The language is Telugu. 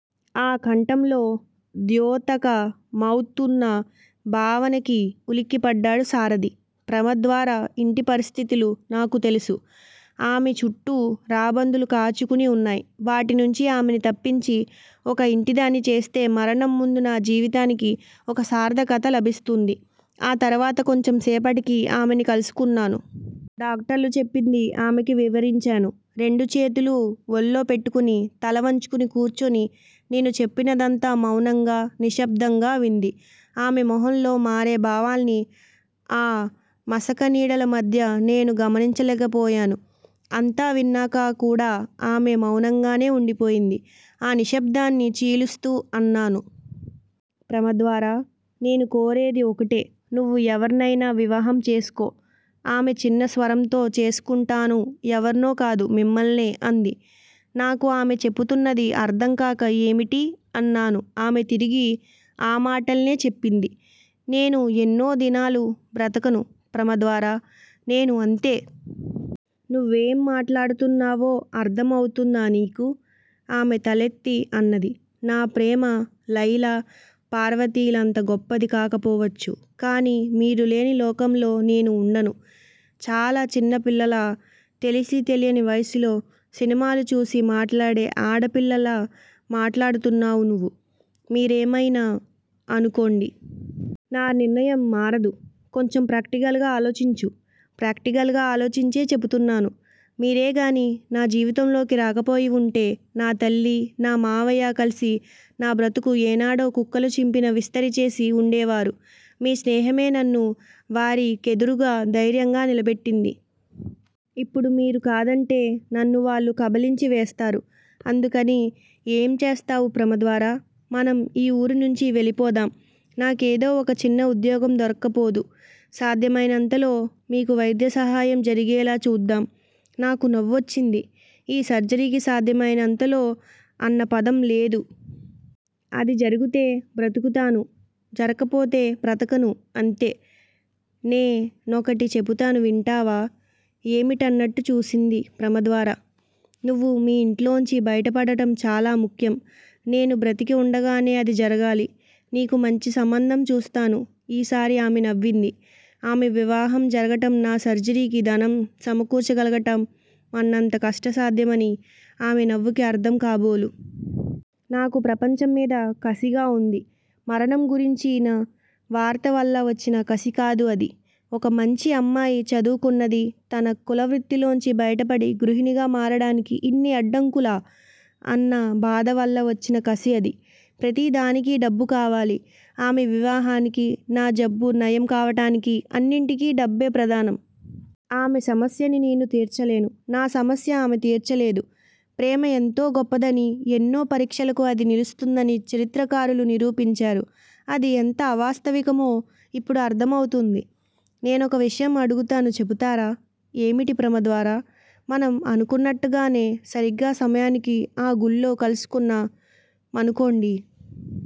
ఆ కంఠంలో ద్యోతక మౌతున్న భావనకి ఉలిక్కిపడ్డాడు సారధి. ప్రమద్వర ఇంటి పరిస్థితులు నాకు తెలుసు. ఆమె చుట్టూ రాబందులు కాచుకుని వున్నాయి. వాటినుంచి ఆమెని తప్పించి, ఒక ఇంటిదాన్ని చేస్తే మరణం ముందు నా జీవితానికి ఒక సార్ధకత లభిస్తుంది. ఆ తరువాత కొంచెం సేపటికి ఆమెని కలుసుకున్నాను. డాక్టర్లు చెప్పింది ఆమెకి వివరించాను. రెండుచేతులూ వళ్ళో పెట్టుకుని, తలవంచుకుని కూర్చుని నేను చెప్పినదంతా మౌనంగా, నిశ్శబ్దంగా వింది. ఆమె మొహంలో మారే భావాల్ని ఆ మసకనీడల మధ్య నేను గమనించలేకపోయాను. అంతా విన్నాక కూడా ఆమె మౌనంగానే వుండిపోయింది. ఆ నిశ్శబ్ధాన్ని చీలుస్తూ అన్నాను. ప్రమద్వరా- నేను కోరేది ఒకటే నువ్వు ఎవర్నైనా వివాహం చేసుకో. ఆమె చిన్న స్వరంతో చేసుకుంటాను ఎవర్నో కాదు, మిమ్మల్నే అంది. నాకు ఆమె చెపుతున్నది అర్ధంకాక ఏమిటీ అన్నాను ఆమె తిరిగి ఆ మాటల్నే చెప్పింది. నేను ఎన్నో దినాలు బ్రతకను ప్రమద్వరా- నేనూ అంతే. నువ్వేం మాట్లాడుతున్నావో అర్ధం అవుతుందా నీకు? ఆమె తలెత్తి అన్నది- నా ప్రేమ లైలా పార్వతీలంత గొప్పది కాకపోవచ్చు. కానీ మీరు లేని లోకంలో నేనూ వుండను. చాలా చిన్న పిల్లలా, తెలిసీ తెలియని వయసులో సినిమాలు చూసి మాట్లాడే ఆడపిల్లలా మాట్లాడుతున్నావు నువు- మీరేమయినా అనుకోండి. నా నిర్ణయం మారదు. కొంచెం ప్రాక్టికల్ గా ఆలోచించు. ప్రాక్టికల్ గా ఆలోచించే చెపుతున్నాను, మీరేగానీ నా జీవితంలోకి రాకపోయివుంటే నా తల్లి, నా మావయ్య కలిసి నా బ్రతుకు ఏనాడో కుక్కలు చింపిన విస్తరి చేసి వుండేవారు. మీ స్నేహమే నన్ను వారి కెదురుగా ధైర్యంగా నిలబెట్టింది. ఇప్పుడు మీరు కాదంటే నన్ను వాళ్ళు కబళించి వేస్తారు- అందుకని ఏం చేస్తావు ప్రమద్వరా? మనం ఈ ఊరునుంచి వెళ్ళిపోదాం. నాకేదో ఒక చిన్న ఉద్యోగం దొరక్కపోదు. సాధ్యమయినంతలో మీకు వైద్య సహాయం జరిగేలా చూద్దాం. నాకు నవ్వొచ్చింది. ఈ సర్జెరీకి సాధ్యమైనంతలో అన్న పదం లేదు. అది జరుగుతే బ్రతుకుతాను. జరక్కపోతే బ్రతకను అంతే! నే నొకటి చెపుతాను వింటావా? ఏమిటన్నట్టు చూసింది ప్రమద్వర. నువ్వు మీ ఇంట్లోంచి బయటపడటం చాలా ముఖ్యం. నేను బ్రతికి వుండగానే అది జరగాలి. నీకు మంచి సంబంధం చూస్తాను. ఈసారి ఆమె నవ్వింది. ఆమె వివాహం జరగటం నా సర్జెరీకి ధనం సమకూర్చగలగట మన్నంత కష్టసాధ్యమని, ఆమె నవ్వుకి అర్ధం కాబోలు. నాకు ప్రపంచంమీద కసిగా వుంది. మరణం గురించిన వార్త వల్ల వచ్చిన కసికాదు అది. ఒక మంచి అమ్మాయి, చదువుకున్నది-తన కులవృత్తిలోంచి బయటపడి గృహిణిగా మారడానికి ఇన్ని అడ్డంకులా, అన్న బాధవల్ల వచ్చిన కసి అది, ప్రతిదానికీ డబ్బు కావాలి. ఆమె వివాహానికీ, నా జబ్బు నయం కావటానికీ- అన్నింటికీ డబ్బే ప్రధానం. ఆమె సమస్యని నేను తీర్చలేను. నా సమస్య ఆమె తీర్చలేదు. ప్రేమ ఎంతో గొప్పదనీ, ఎన్నో పరీక్షలకు అది నిలుస్తుందనీ చరిత్రకారులు నిరూపించారు. అది ఎంత అవాస్తవికమో ఇప్పుడు అర్ధమవుతూంది. నేనొక విషయం అడుగుతాను చెబుతారా? ఏమిటి ప్రమద్వరా? మనం అనుకున్నట్టుగానే సరీగ్గా సమయానికి ఆ గుళ్ళో కలుసుకున్నా మనుకోండి.